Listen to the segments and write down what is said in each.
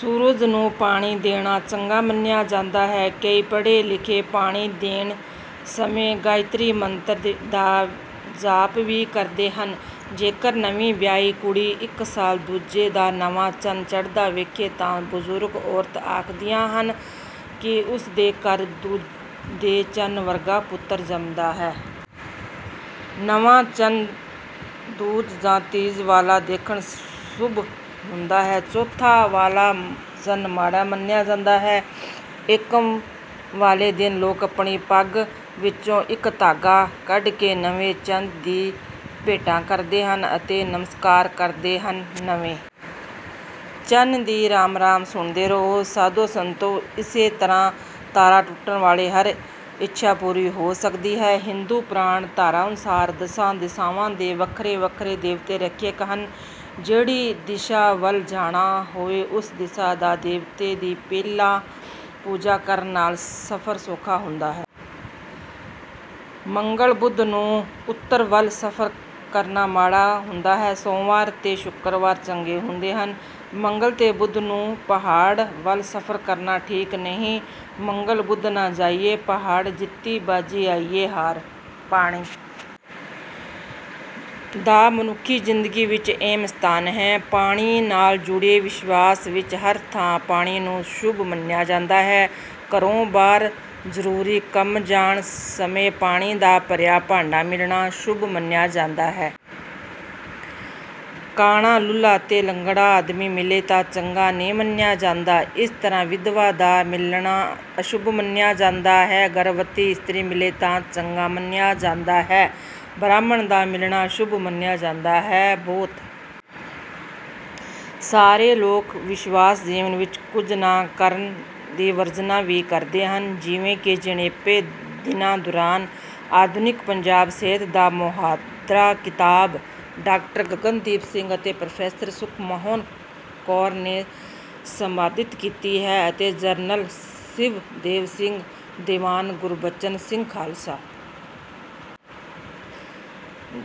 ਸੂਰਜ ਨੂੰ ਪਾਣੀ ਦੇਣਾ ਚੰਗਾ ਮੰਨਿਆ ਜਾਂਦਾ ਹੈ। ਕਈ ਪੜ੍ਹੇ-ਲਿਖੇ ਪਾਣੀ ਦੇਣ ਸਮੇਂ ਗਾਇਤਰੀ ਮੰਤਰ ਦਾ ਜਾਪ ਵੀ ਕਰਦੇ ਹਨ। ਜੇਕਰ ਨਵੀਂ ਵਿਆਹੀ ਕੁੜੀ ਇੱਕ ਸਾਲ ਦੂਜ ਦਾ ਨਵਾਂ ਚੰਨ ਚੜ੍ਹਦਾ ਵੇਖੇ ਤਾਂ ਬਜ਼ੁਰਗ ਔਰਤਾਂ ਆਖਦੀਆਂ ਹਨ ਕਿ ਉਸ ਦੇ ਘਰ ਦੂਜ ਦੇ ਚੰਨ ਵਰਗਾ ਪੁੱਤਰ ਜੰਮਦਾ ਹੈ। ਨਵਾਂ ਚੰਨ ਦੂਜ ਜਾਂ ਤੀਜ ਵਾਲਾ ਵੇਖਣਾ ਸ਼ੁਭ ਹੁੰਦਾ ਹੈ। ਚੌਥ ਵਾਲਾ ਚੰਨ ਮਾੜਾ ਮੰਨਿਆ ਜਾਂਦਾ ਹੈ। ਏਕਮ ਵਾਲੇ ਦਿਨ ਲੋਕ ਆਪਣੀ ਪੱਗ ਵਿੱਚੋਂ ਇੱਕ ਧਾਗਾ ਕੱਢ ਕੇ ਨਵੇਂ ਚੰਦ ਦੀ ਭੇਟਾ ਕਰਦੇ ਹਨ ਅਤੇ ਨਮਸਕਾਰ ਕਰਦੇ ਹਨ।“ਨਵੇਂ ਚੰਨ ਦੀ ਰਾਮ-ਰਾਮ ਸੁਣਦੇ ਰਹੋ, ਸਾਧੋ-ਸੰਤੋ।”ਇਸੇ ਤਰ੍ਹਾਂ ਤਾਰਾ ਟੁੱਟਣ ਵੇਲੇ ਹਰ ਇੱਛਾ ਪੂਰੀ ਹੋ ਸਕਦੀ ਹੈ। ਹਿੰਦੂ ਪੁਰਾਣ ਧਾਰਾ ਅਨੁਸਾਰ ਦਸਾਂ ਦਿਸ਼ਾਵਾਂ ਦੇ ਵੱਖਰੇ-ਵੱਖਰੇ ਦੇਵਤੇ ਰਖਿਅਕ ਹਨ। ਜਿਹੜੀ ਦਿਸ਼ਾ ਵੱਲ ਜਾਣਾ ਹੋਵੇ, ਉਸ ਦਿਸ਼ਾ ਦੇ ਦੇਵਤੇ ਦੀ ਪਹਿਲਾਂ ਪੂਜਾ ਕਰਨ ਨਾਲ ਸਫ਼ਰ ਸੌਖਾ ਹੁੰਦਾ ਹੈ। ਮੰਗਲ-ਬੁੱਧ ਨੂੰ ਉੱਤਰ ਵੱਲ ਸਫ਼ਰ ਕਰਨਾ ਮਾੜਾ ਹੁੰਦਾ ਹੈ। ਸੋਮਵਾਰ ਤੇ ਸ਼ੁੱਕਰਵਾਰ ਚੰਗੇ ਹੁੰਦੇ ਹਨ। ਮੰਗਲ ਤੇ ਬੁੱਧ ਨੂੰ ਪਹਾੜ ਵੱਲ ਸਫ਼ਰ ਕਰਨਾ ਠੀਕ ਨਹੀਂ।“ਮੰਗਲ ਬੁੱਧ ਨਾ ਜਾਈਏ ਪਹਾੜ, ਜਿੱਤੀ ਬਾਜ਼ੀ ਆਈਏ ਹਾਰ।”ਪਾਣੀ ਦਾ ਮਨੁੱਖੀ ਜ਼ਿੰਦਗੀ ਵਿੱਚ ਅਹਿਮ ਸਥਾਨ ਹੈ। ਪਾਣੀ ਨਾਲ ਜੁੜੇ ਵਿਸ਼ਵਾਸਾਂ ਵਿੱਚ ਹਰ ਥਾਂ ਪਾਣੀ ਨੂੰ ਸ਼ੁਭ ਮੰਨਿਆ ਜਾਂਦਾ ਹੈ। ਘਰੋਂ ਬਾਹਰ ਜ਼ਰੂਰੀ ਕੰਮ ਜਾਣ ਸਮੇਂ ਪਾਣੀ ਦਾ ਭਰਿਆ ਭਾਂਡਾ ਮਿਲਣਾ ਸ਼ੁਭ ਮੰਨਿਆ ਜਾਂਦਾ ਹੈ। ਕਾਣਾ, ਲੂੰਲ੍ਹਾ ਅਤੇ ਲੰਗੜਾ ਆਦਮੀ ਮਿਲੇ ਤਾਂ ਚੰਗਾ ਨਹੀਂ ਮੰਨਿਆ ਜਾਂਦਾ। ਇਸੇ ਤਰ੍ਹਾਂ ਵਿਧਵਾ ਦਾ ਮਿਲਣਾ ਅਸ਼ੁਭ ਮੰਨਿਆ ਜਾਂਦਾ ਹੈ। ਗਰਭਵਤੀ ਇਸਤਰੀ ਮਿਲੇ ਤਾਂ ਚੰਗਾ ਮੰਨਿਆ ਜਾਂਦਾ ਹੈ। ਬ੍ਰਾਹਮਣ ਦਾ ਮਿਲਣਾ ਅਸ਼ੁਭ ਮੰਨਿਆ ਜਾਂਦਾ ਹੈ। ਬਹੁਤ ਸਾਰੇ ਲੋਕ-ਵਿਸ਼ਵਾਸ ਜੀਵਨ ਵਿੱਚ ਕੁਝ ਨਾ ਕਰਨ ਦੀ ਵਰਜਨਾ ਵੀ ਕਰਦੇ ਹਨ, ਜਿਵੇਂ ਕਿ ਜਣੇਪੇ ਦੇ ਦਿਨਾਂ ਦੌਰਾਨ।“ਆਧੁਨਿਕ ਪੰਜਾਬੀ ਸਾਹਿਤ ਦਾ ਮੁਹਾਂਦਰਾ” ਕਿਤਾਬ ਡਾ. ਗਗਨਦੀਪ ਸਿੰਘ ਅਤੇ ਪ੍ਰੋ. ਸੁਖਮੋਹਨ ਕੌਰ ਨੇ ਸੰਪਾਦਿਤ ਕੀਤੀ ਹੈ ਅਤੇ ਜਨਰਲ ਸ਼ਿਵਦੇਵ ਸਿੰਘ ਦੀਵਾਨ ਗੁਰਬਚਨ ਸਿੰਘ ਖ਼ਾਲਸਾ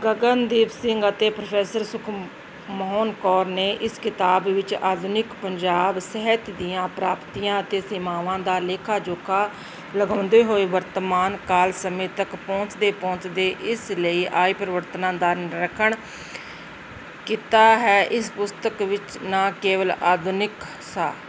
ਕਾਲਜ, ਪਟਿਆਲਾ ਦੁਆਰਾ ਪ੍ਰਕਾਸ਼ਿਤ ਕੀਤੀ ਗਈ ਹੈ। ਡਾ. ਗਗਨਦੀਪ ਸਿੰਘ ਅਤੇ ਪ੍ਰੋ. ਸੁਖਮੋਹਨ ਕੌਰ ਨੇ ਇਸ ਕਿਤਾਬ ਵਿੱਚ ਆਧੁਨਿਕ ਪੰਜਾਬੀ ਸਾਹਿਤ ਦੀਆਂ ਪ੍ਰਾਪਤੀਆਂ ਤੇ ਸੀਮਾਵਾਂ ਦਾ ਲੇਖਾ-ਜੋਖਾ ਲਗਾਉਂਦੇ ਹੋਏ ਵਰਤਮਾਨ ਕਾਲ ਸਮੇਂ ਤੱਕ ਪਹੁੰਚਦੇ-ਪਹੁੰਚਦੇ ਇਸ ਵਿੱਚ ਆਏ ਪਰਿਵਰਤਨਾਂ ਦਾ ਨਿਰੀਖਣ ਕੀਤਾ ਹੈ। ਇਸ ਪੁਸਤਕ ਵਿੱਚ ਨਾ ਕੇਵਲ ਆਧੁਨਿਕ ਸਾਹਿਤ...